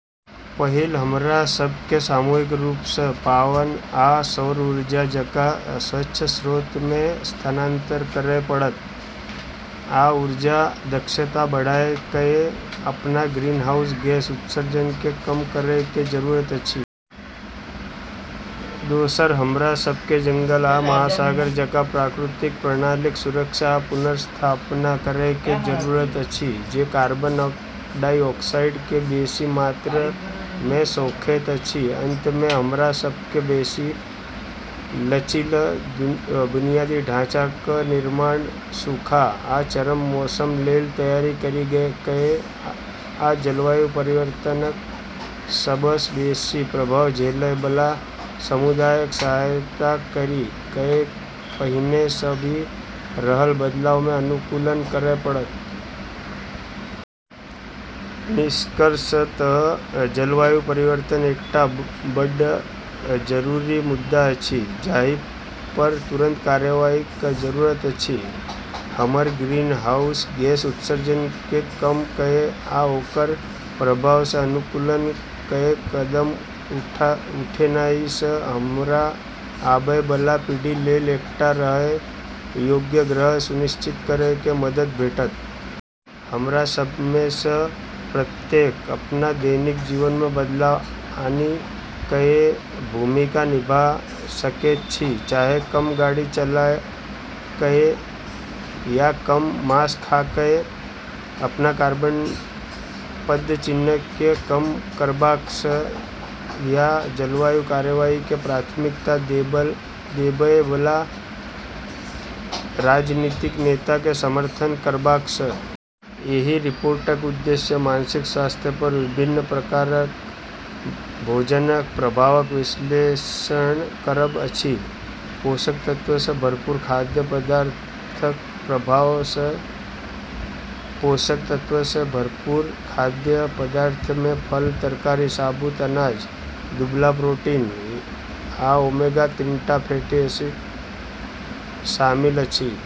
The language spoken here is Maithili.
पहिल, हमरा सभ के सामूहिक रूप सँ पवन आ सौर ऊर्जा जकाँ स्वच्छ स्रोत मे स्थानांतरण करय पड़त, आ ऊर्जा दक्षता बढ़ा कए अपना ग्रीनहाउस गैस उत्सर्जन के कम करय के जरूरत अछि। दोसर, हमरा सभ के जंगल आ महासागर जकाँ प्राकृतिक प्रणालीक सुरक्षा आ पुनर्स्थापना करय के जरूरत अछि, जे कार्बन डाइऑक्साइड के बेसी मात्रा मे सोखैत अछि। अंत मे, हमरा सभ के बेसी लचील बुनियादी ढांचाक निर्माण, सूखा आ चरम मौसम लेल तैयारी करी कए, आ जलवायु परिवर्तनक सबसँ बेसी प्रभाव झेलय बला समुदायक सहायता करी कए पहिने सँ भ रहल बदलाव सँ अनुकूलन करय पड़त। निष्कर्षतः जलवायु परिवर्तन एकटा बड्ड जरूरी मुद्दा अछि जाहि पर तुरंत कार्रवाईक जरूरत अछि। हमर ग्रीनहाउस गैस उत्सर्जन के कम कए आ ओकर प्रभाव सँ अनुकूलन कए कदम उठेनाइ सँ हमरा आबय बला पीढ़ी लेल एकटा रहय योग्य ग्रह सुनिश्चित करय मे मदद भेटत। हमरा सभ मे सँ प्रत्येक अपना दैनिक जीवन मे बदलाव आनि कए भूमिका निभा सकैत छी, चाहे कम गाड़ी चला कए या कम मांस खा कए अपना कार्बन पदचिह्न के कम करबाक सँ, या जलवायु कार्रवाई के प्राथमिकता देबय बला राजनीतिक नेता के समर्थन करबाक सँ। एहि रिपोर्टक उद्देश्य मानसिक स्वास्थ्य पर विभिन्न प्रकारक भोजनक प्रभावक विश्लेषण करब अछि। पोषक तत्व सँ भरपूर खाद्य पदार्थक प्रभाव: पोषक तत्व सँ भरपूर खाद्य पदार्थ मे फल, तरकारी, साबुत अनाज, दुबला प्रोटीन, आ ओमेगा-तिनटा फैटी एसिड शामिल अछि।